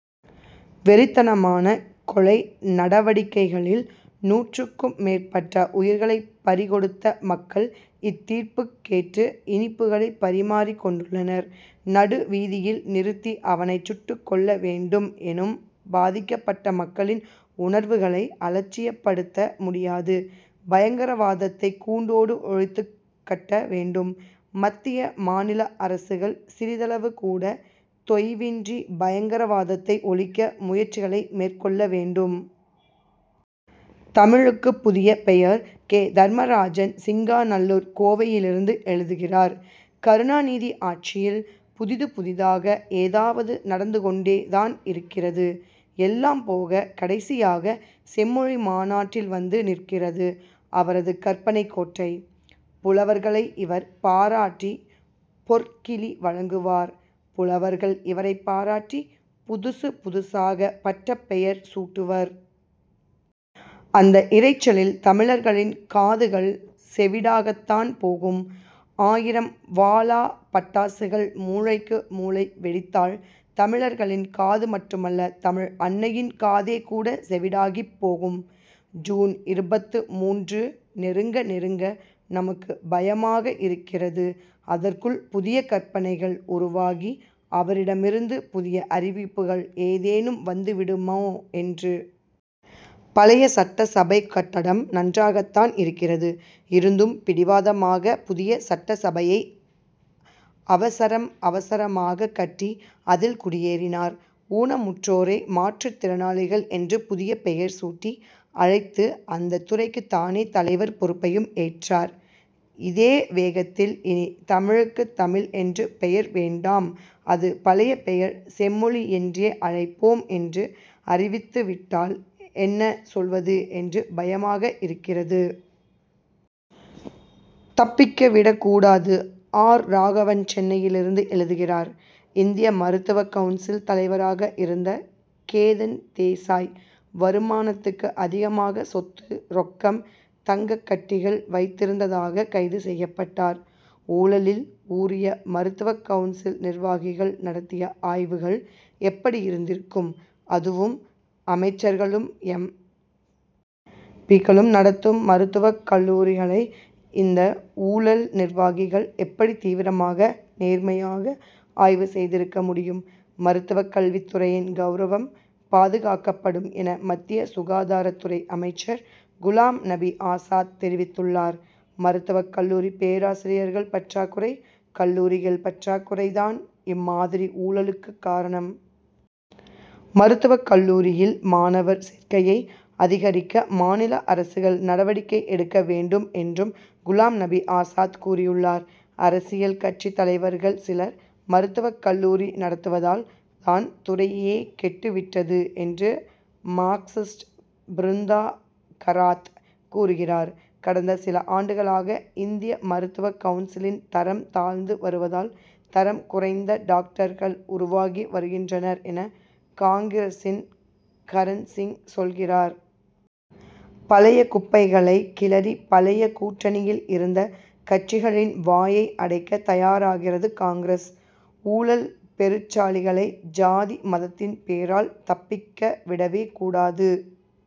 வெறித்தனமான கொலை நடவடிக்கைகளில் நூற்றுக்கும் மேற்பட்ட உயிர்களைப் பறி கொடுத்த மக்கள் இத்தீர்ப்புக் கேட்டு இனிப்புகளை பரிமாறிக் கொண்டுள்ளனர். நடுவீதியில் நிறுத்தி அவனைச் சுட்டுக்கொல்ல வேண்டும் எனும் பாதிக்கப்பட்ட மக்களின் உணர்வுகளை அலட்சியப்படுத்த முடியாது. பயங்கரவாதத்தை கூண்டோடு ஒழித்துக் கட்ட வேண்டும். மத்திய மாநில அரசுகள் சிறிதளவுகூட தொய்வின்றி பயங்கரவாதத்தை ஒழிக்க முயற்சிகளை மேற்கொள்ள வேண்டும். தமிழுக்குப் புதிய பெயர் கே. தர்மராஜன் சிங்காநல்லூர் கோவையிலிருந்து எழுதுகிறார் கருணாநிதி ஆட்சியில் புதிது புதிதாக ஏதாவது நடந்து கொண்டே தான் இருக்கிறது. எல்லாம் போக கடைசியாக செம்மொழி மாநாட்டில் வந்து நிற்கிறது அவரது கற்பனைக் கோட்டை. புலவர்களை இவர் பாராட்டி பொற்கிழி வழங்குவார். புலவர்கள் இவரைப் பாராட்டி புதுசு புதுசாக பட்டப் பெயர் சூட்டுவர். அந்த இரைச்சலில் தமிழர்களின் காதுகள் செவிடாகத்தான் போகும். ஆயிரம் வாலா பட்டாசுகள் மூலைக்கு மூலை வெடித்தால் தமிழர்களின் காது மட்டுமல்ல தமிழ் அன்னையின் காதே கூட செவிடாகிப்போகும். ஜூன் இருபத்து மூன்று நெருங்க நெருங்க நமக்கு பயமாக இருக்கிறது. அதற்குள் புதிய கற்பனைகள் உருவாகி அவரிடமிருந்து புதிய அறிவிப்புகள் ஏதேனும் வந்து விடுமோ என்று. பழைய சட்டசபைக் கட்டடம் நன்றாகதான் இருக்கிறது. இருந்தும் பிடிவாதமாக புதிய சட்டசபையை அவசரம் அவசரமாகக் கட்டி அதில் குடியேறினார். ஊனமுற்றோரை மாற்றுத் திறனாளிகள் என்று புதிய பெயர் சூட்டி அழைத்து அந்த துறைக்கு தானே தலைவர் பொறுப்பையும் ஏற்றார். இதே வேகத்தில் இனி தமிழுக்கு தமிழ் என்று பெயர் வேண்டாம் அது பழைய பெயர் செம்மொழி என்றே அழைப்போம் என்று அறிவித்துவிட்டால் என்ன சொல்வது என்று பயமாக இருக்கிறது. தப்பிக்க விடக் கூடாது ஆர். ராகவன் சென்னை யிலிருந்து எழுதுகிறார் இந்திய மருத்துவக் கவுன்சில் தலைவராக இருந்த கேதன் தேசாய் வருமானத்துக்கு அதிகமாக சொத்து ரொக்கம் தங்கக்கட்டிகள் வைத்திருந்ததாக கைது செய்யப்பட்டார். ஊழலில் ஊறிய மருத்துவக் கவுன்சில் நிர்வாகிகள் நடத்திய ஆய்வுகள் எப்படி இருந்திருக்கும். அதுவும் அமைச்சர்களும் எம். பி.க்களும் நடத்தும் மருத்துவக் கல்லூரிகளை இந்த ஊழல் நிர்வாகிகள் எப்படி தீவிரமாக நேர்மையாக ஆய்வு செய்திருக்க முடியும். மருத்துவக் கல்வித்துறையின் கவுரவம் பாதுகாக்கப்படும் என மத்திய சுகாதாரத்துறை அமைச்சர் குலாம் நபி ஆசாத் தெரிவித்துள்ளார். மருத்துவக் கல்லூரி பேராசிரியர்கள் பற்றாக்குறை கல்லூரிகள் பற்றாக்குறை தான் இம்மாதிரி ஊழலுக்கு காரணம். மருத்துவக் கல்லூரியில் மாணவர் சேர்க்கையை அதிகரிக்க மாநில அரசுகள் நடவடிக்கை எடுக்க வேண்டும் என்றும் குலாம் நபி ஆசாத் கூறியுள்ளார். அரசியல் கட்சித் தலைவர்கள் சிலர் மருத்துவக் கல்லூரி நடத்துவதால் தான் துறையே கெட்டு விட்டது என்று மார்க்சிஸ்ட் பிருந்தா கராத் கூறுகிறார். கடந்த சில ஆண்டுகளாக இந்திய மருத்துவக் கவுன்சிலின் தரம் தாழ்ந்து வருவதால் தரம் குறைந்த டாக்டர்கள் உருவாகி வருகின்றனர் என காங்கிரசின் கரண்சிங் சொல்கிறார். பழைய குப்பைகளைக் கிளறி பழைய கூட்டணியில் இருந்த கட்சிகளின் வாயை அடைக்க தயாராகிறது காங்கிரஸ். ஊழல் பெருச்சாளிகளை ஜாதி மதத்தின் பேரால் தப்பிக்க விடவே கூடாது.